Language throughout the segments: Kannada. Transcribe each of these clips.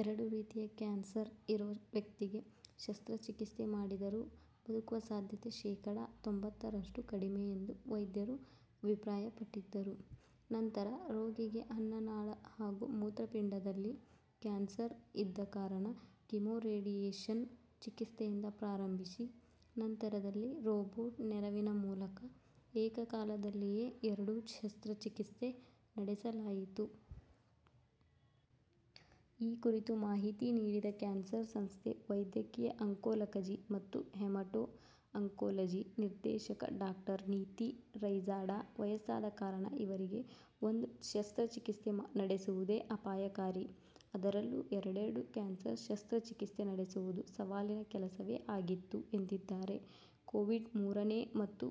ಎರಡು ರೀತಿಯ ಕ್ಯಾನ್ಸರ್ ಇರುವ ವ್ಯಕ್ತಿಗೆ ಶಸ್ತ್ರಚಿಕಿತ್ಸೆ ಮಾಡಿದರೂ ಬದುಕುವ ಸಾಧ್ಯತೆ ಶೇಕಡಾ ತೊಂಬತ್ತರಷ್ಟು ಕಡಿಮೆ ಎಂದು ವೈದ್ಯರು ಅಭಿಪ್ರಾಯಪಟ್ಟಿದ್ದರು. ನಂತರ, ರೋಗಿಗೆ ಅನ್ನನಾಳ ಹಾಗೂ ಮೂತ್ರಪಿಂಡದಲ್ಲಿ ಕ್ಯಾನ್ಸರ್ ಇದ್ದ ಕಾರಣ ಕಿಮೋರೇಡಿಯೇಶನ್ ಚಿಕಿತ್ಸೆಯಿಂದ ಪ್ರಾರಂಭಿಸಿ, ನಂತರದಲ್ಲಿ ರೋಬೋಟ್ ನೆರವಿನ ಮೂಲಕ ಏಕಕಾಲದಲ್ಲಿಯೇ ಎರಡೂ ಶಸ್ತ್ರಚಿಕಿತ್ಸೆ ನಡೆಸಲಾಯಿತು. ಈ ಕುರಿತು ಮಾಹಿತಿ ನೀಡಿದ ಕ್ಯಾನ್ಸರ್ ಸಂಸ್ಥೆ ವೈದ್ಯಕೀಯ ಆಂಕೋಲಕಜಿ ಮತ್ತು ಹೆಮಟೋ ಆಂಕೋಲಜಿ ನಿರ್ದೇಶಕ ಡಾಕ್ಟರ್ ನಿತಿ ರೈಜಾಡಾ, ವಯಸ್ಸಾದ ಕಾರಣ ಇವರಿಗೆ ಒಂದು ಶಸ್ತ್ರಚಿಕಿತ್ಸೆ ನಡೆಸುವುದೇ ಅಪಾಯಕಾರಿ. ಅದರಲ್ಲೂ ಎರಡೆರಡು ಕ್ಯಾನ್ಸರ್ ಶಸ್ತ್ರಚಿಕಿತ್ಸೆ ನಡೆಸುವುದು ಸವಾಲಿನ ಕೆಲಸವೇ ಆಗಿತ್ತು ಎಂದಿದ್ದಾರೆ. ಕೋವಿಡ್ ಮೂರನೇ ಮತ್ತು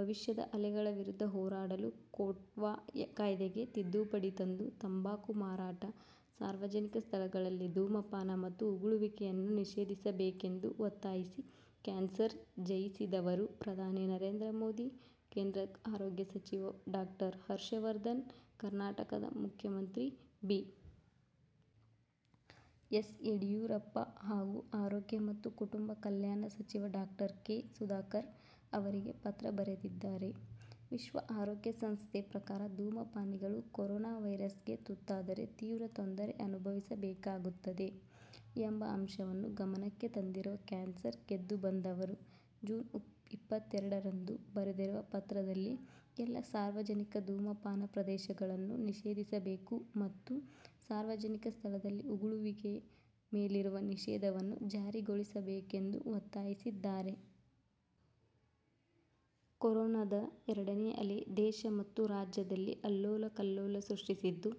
ಭವಿಷ್ಯದ ಅಲೆಗಳ ವಿರುದ್ಧ ಹೋರಾಡಲು ಕೋಟ್ಪಾ ಕಾಯ್ದೆಗೆ ತಿದ್ದುಪಡಿ ತಂದು ತಂಬಾಕು ಮಾರಾಟ, ಸಾರ್ವಜನಿಕ ಸ್ಥಳಗಳಲ್ಲಿ ಧೂಮಪಾನ ಮತ್ತು ಉಗುಳುವಿಕೆಯನ್ನು ನಿಷೇಧಿಸಬೇಕೆಂದು ಒತ್ತಾಯಿಸಿ ಕ್ಯಾನ್ಸರ್ ಜಯಿಸಿದವರು ಪ್ರಧಾನಿ ನರೇಂದ್ರ ಮೋದಿ, ಕೇಂದ್ರ ಆರೋಗ್ಯ ಸಚಿವ ಡಾಕ್ಟರ್ ಹರ್ಷವರ್ಧನ್, ಕರ್ನಾಟಕದ ಮುಖ್ಯಮಂತ್ರಿ ಬಿ. ಎಸ್. ಯಡಿಯೂರಪ್ಪ ಹಾಗು ಆರೋಗ್ಯ ಮತ್ತು ಕುಟುಂಬ ಕಲ್ಯಾಣ ಸಚಿವ ಡಾಕ್ಟರ್ ಕೆ. ಸುಧಾಕರ್ ಅವರಿಗೆ ಪತ್ರ ಬರೆದಿದ್ದಾರೆ. ವಿಶ್ವ ಆರೋಗ್ಯ ಸಂಸ್ಥೆ ಪ್ರಕಾರ ಧೂಮಪಾನಿಗಳು ಕೊರೊನ ವೈರಸ್ ಗೆ ತುತ್ತಾದರೆ ತೀವ್ರ ತೊಂದರೆ ಅನುಭವಿಸಬೇಕಾಗುತ್ತದೆ ಎಂಬ ಅಂಶವನ್ನು ಗಮನಕ್ಕೆ ತಂದಿರುವ ಕ್ಯಾನ್ಸರ್ ಗೆದ್ದು ಬಂದವರು, ಜೂನ್ ಇಪ್ಪತ್ತೆರಡರಂದು ಬರೆದಿರುವ ಪತ್ರದಲ್ಲಿ ಎಲ್ಲ ಸಾರ್ವಜನಿಕ ಧೂಮಪಾನ ಪ್ರದೇಶಗಳನ್ನು ನಿಷೇಧಿಸಬೇಕು ಮತ್ತು ಸಾರ್ವಜನಿಕ ಸ್ಥಳದಲ್ಲಿ ಉಗುಳುವಿಕೆ ಮೇಲಿರುವ ನಿಷೇಧವನ್ನು ಜಾರಿಗೊಳಿಸಬೇಕೆಂದು ಒತ್ತಾಯಿಸಿದ್ದಾರೆ. ಕೊರೊನದ ಎರಡನೇ ಅಲೆ ದೇಶ ಮತ್ತು ರಾಜ್ಯದಲ್ಲಿ ಅಲ್ಲೋಲಕಲ್ಲೋಲ ಸೃಷ್ಟಿಸಿದ್ದು,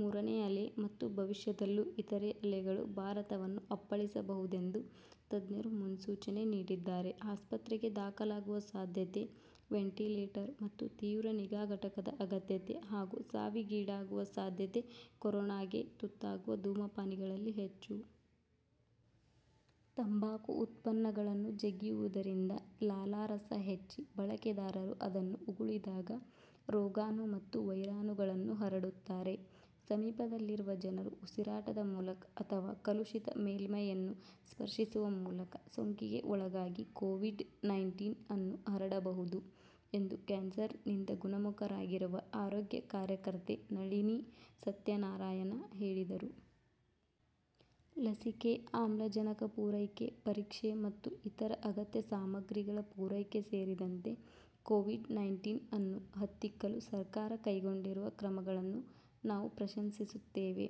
ಮೂರನೇ ಅಲೆ ಮತ್ತು ಭವಿಷ್ಯದಲ್ಲೂ ಇತರೆ ಅಲೆಗಳು ಭಾರತವನ್ನು ಅಪ್ಪಳಿಸಬಹುದೆಂದು ತಜ್ಞರು ಮುನ್ಸೂಚನೆ ನೀಡಿದ್ದಾರೆ. ಆಸ್ಪತ್ರೆಗೆ ದಾಖಲಾಗುವ ಸಾಧ್ಯತೆ, ವೆಂಟಿಲೇಟರ್ ಮತ್ತು ತೀವ್ರ ನಿಗಾ ಘಟಕದ ಅಗತ್ಯತೆ, ಹಾಗು ಸಾವಿಗೀಡಾಗುವ ಸಾಧ್ಯತೆ ಕೊರೋನಾಗೆ ತುತ್ತಾಗುವ ಧೂಮಪಾನಿಗಳಲ್ಲಿ ಹೆಚ್ಚು. ತಂಬಾಕು ಉತ್ಪನ್ನಗಳನ್ನು ಜಗಿಯುವುದರಿಂದ ಲಾಲಾರಸ ಹೆಚ್ಚಿ ಬಳಕೆದಾರರು ಅದನ್ನು ಉಗುಳಿದಾಗ ರೋಗಾಣು ಮತ್ತು ವೈರಾಣುಗಳನ್ನು ಹರಡುತ್ತಾರೆ. ಸಮೀಪದಲ್ಲಿರುವ ಜನರು ಉಸಿರಾಟದ ಮೂಲಕ ಅಥವಾ ಕಲುಷಿತ ಮೇಲ್ಮೈಯನ್ನು ಸ್ಪರ್ಶಿಸುವ ಮೂಲಕ ಸೋಂಕಿಗೆ ಒಳಗಾಗಿ ಕೋವಿಡ್ ನೈಂಟೀನ್ ಅನ್ನು ಹರಡಬಹುದು ಎಂದು ಕ್ಯಾನ್ಸರ್ ನಿಂದ ಗುಣಮುಖರಾಗಿರುವ ಆರೋಗ್ಯ ಕಾರ್ಯಕರ್ತೆ ನಳಿನಿ ಸತ್ಯನಾರಾಯಣ ಹೇಳಿದರು. ಲಸಿಕೆ, ಆಮ್ಲಜನಕ ಪೂರೈಕೆ, ಪರೀಕ್ಷೆ ಮತ್ತು ಇತರ ಅಗತ್ಯ ಸಾಮಗ್ರಿಗಳ ಪೂರೈಕೆ ಸೇರಿದಂತೆ ಕೋವಿಡ್ ನೈಂಟೀನ್ ಅನ್ನು ಹತ್ತಿಕ್ಕಲು ಸರ್ಕಾರ ಕೈಗೊಂಡಿರುವ ಕ್ರಮಗಳನ್ನು ನಾವು ಪ್ರಶಂಸಿಸುತ್ತೇವೆ.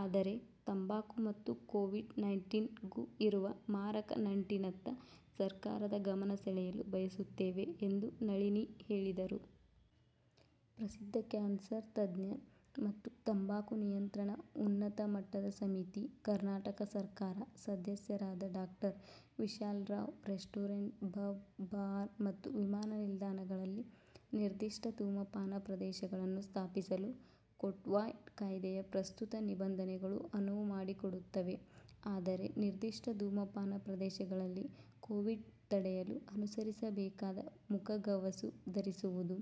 ಆದರೆ, ತಂಬಾಕು ಮತ್ತು ಕೋವಿಡ್ ನೈಂಟೀನ್ ಗೂ ಇರುವ ಮಾರಕ ನಂಟಿನತ್ತ ಸರ್ಕಾರದ ಗಮನ ಸೆಳೆಯಲು ಬಯಸುತ್ತೇವೆ ಎಂದೂ ನಳಿನಿ ಹೇಳಿದರು. ಪ್ರಸಿದ್ಧ ಕ್ಯಾನ್ಸರ್ ತಜ್ಞ ಮತ್ತು ತಂಬಾಕು ನಿಯಂತ್ರಣ ಉನ್ನತ ಮಟ್ಟದ ಸಮಿತಿ, ಕರ್ನಾಟಕ ಸರ್ಕಾರ, ಸದಸ್ಯರಾದ doctor Vishal Rao, restaurant, pub, bar ಮತ್ತು ವಿಮಾನ ನಿಲ್ದಾಣಗಳಲ್ಲಿ ನಿರ್ದಿಷ್ಟ ಧೂಮಪಾನ ಪ್ರದೇಶಗಳನ್ನು ಸ್ಥಾಪಿಸಲು ಕೋಟ್ಪಾ ಕಾಯ್ದೆಯ ಪ್ರಸ್ತುತ ನಿಬಂಧನೆಗಳು ಅನುವು ಮಾಡಿಕೊಡುತ್ತವೆ. ಆದರೆ, ನಿರ್ದಿಷ್ಟ ಧೂಮಪಾನ ಪ್ರದೇಶಗಳಲ್ಲಿ ಕೋವಿಡ್ ತಡೆಯಲು ಅನುಸರಿಸಬೇಕಾದ ಮುಖಗವಸು ಧರಿಸುವುದು,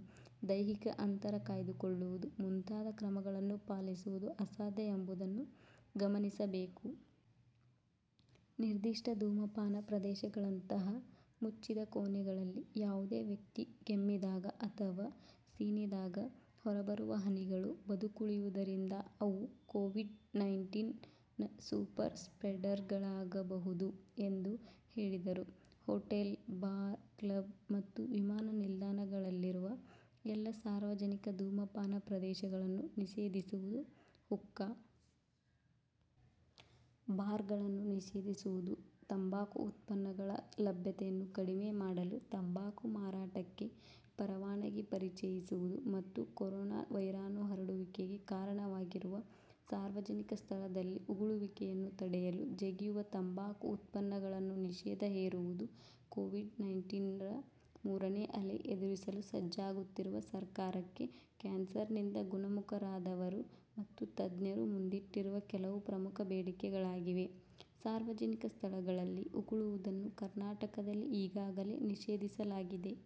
ದೈಹಿಕ ಅಂತರ ಕಾಯ್ದುಕೊಳ್ಳುವುದು ಮುಂತಾದ ಕ್ರಮಗಳನ್ನು ಪಾಲಿಸುವುದು ಅಸಾಧ್ಯ ಎಂಬುದನ್ನು ಗಮನಿಸಬೇಕು. ನಿರ್ದಿಷ್ಟ ಧೂಮಪಾನ ಪ್ರದೇಶಗಳಂತಹ ಮುಚ್ಚಿದ ಕೋಣೆಗಳಲ್ಲಿ ಯಾವುದೇ ವ್ಯಕ್ತಿ ಕೆಮ್ಮಿದಾಗ ಅಥವ ಸೀನಿದಾಗ ಹೊರಬರುವ ಹನಿಗಳು ಬದುಕುಳಿಯುವುದರಿಂದ ಅವು ಕೋವಿಡ್ ನೈಂಟೀನ್ ನ ಸೂಪರ್ ಸ್ಪ್ರೆಡರ್ಗಳಾಗಬಹುದು, ಎಂದು ಹೇಳಿದರು. ಹೋಟೆಲ್, ಬಾರ್, ಕ್ಲಬ್ ಮತ್ತು ವಿಮಾನ ನಿಲ್ದಾಣಗಳಲ್ಲಿರುವ ಎಲ್ಲ ಸಾರ್ವಜನಿಕ ಧೂಮಪಾನ ಪ್ರದೇಶಗಳನ್ನು ನಿಷೇಧಿಸುವುದು, ಹುಕ್ಕಾ ಬಾರ್ಗಳನ್ನು ನಿಷೇಧಿಸುವುದು, ತಂಬಾಕು ಉತ್ಪನ್ನಗಳ ಲಭ್ಯತೆಯನ್ನು ಕಡಿಮೆ ಮಾಡಲು ತಂಬಾಕು ಮಾರಾಟಕ್ಕೆ ಪರವಾನಗಿ ಪರಿಚಯಿಸುವುದು ಮತ್ತು ಕೊರೊನ ವೈರಾಣು ಹರಡುವಿಕೆಗೆ ಕಾರಣವಾಗಿರುವ ಸಾರ್ವಜನಿಕ ಸ್ಥಳದಲ್ಲಿ ಉಗುಳುವಿಕೆಯನ್ನು ತಡೆಯಲು ಜಗಿಯುವ ತಂಬಾಕು ಉತ್ಪನ್ನಗಳನ್ನು ನಿಷೇಧ ಹೇರುವುದು ಕೋವಿಡ್ ನೈಂಟೀನ್ ರ ಮೂರನೇ ಅಲೆ ಎದುರಿಸಲು ಸಜ್ಜಾಗುತ್ತಿರುವ ಸರ್ಕಾರಕ್ಕೆ ಕ್ಯಾನ್ಸರ್ ನಿಂದ ಗುಣಮುಖರಾದವರು ಮತ್ತು ತಜ್ಞರು ಮುಂದಿಟ್ಟಿರುವ ಕೆಲವು ಪ್ರಮುಖ ಬೇಡಿಕೆಗಳಾಗಿವೆ. ಸಾರ್ವಜನಿಕ ಸ್ಥಳಗಳಲ್ಲಿ ಉಗುಳುವುದನ್ನು ಕರ್ನಾಟಕದಲ್ಲಿ ಈಗಾಗಲೇ ನಿಷೇಧಿಸಲಾಗಿದೆ.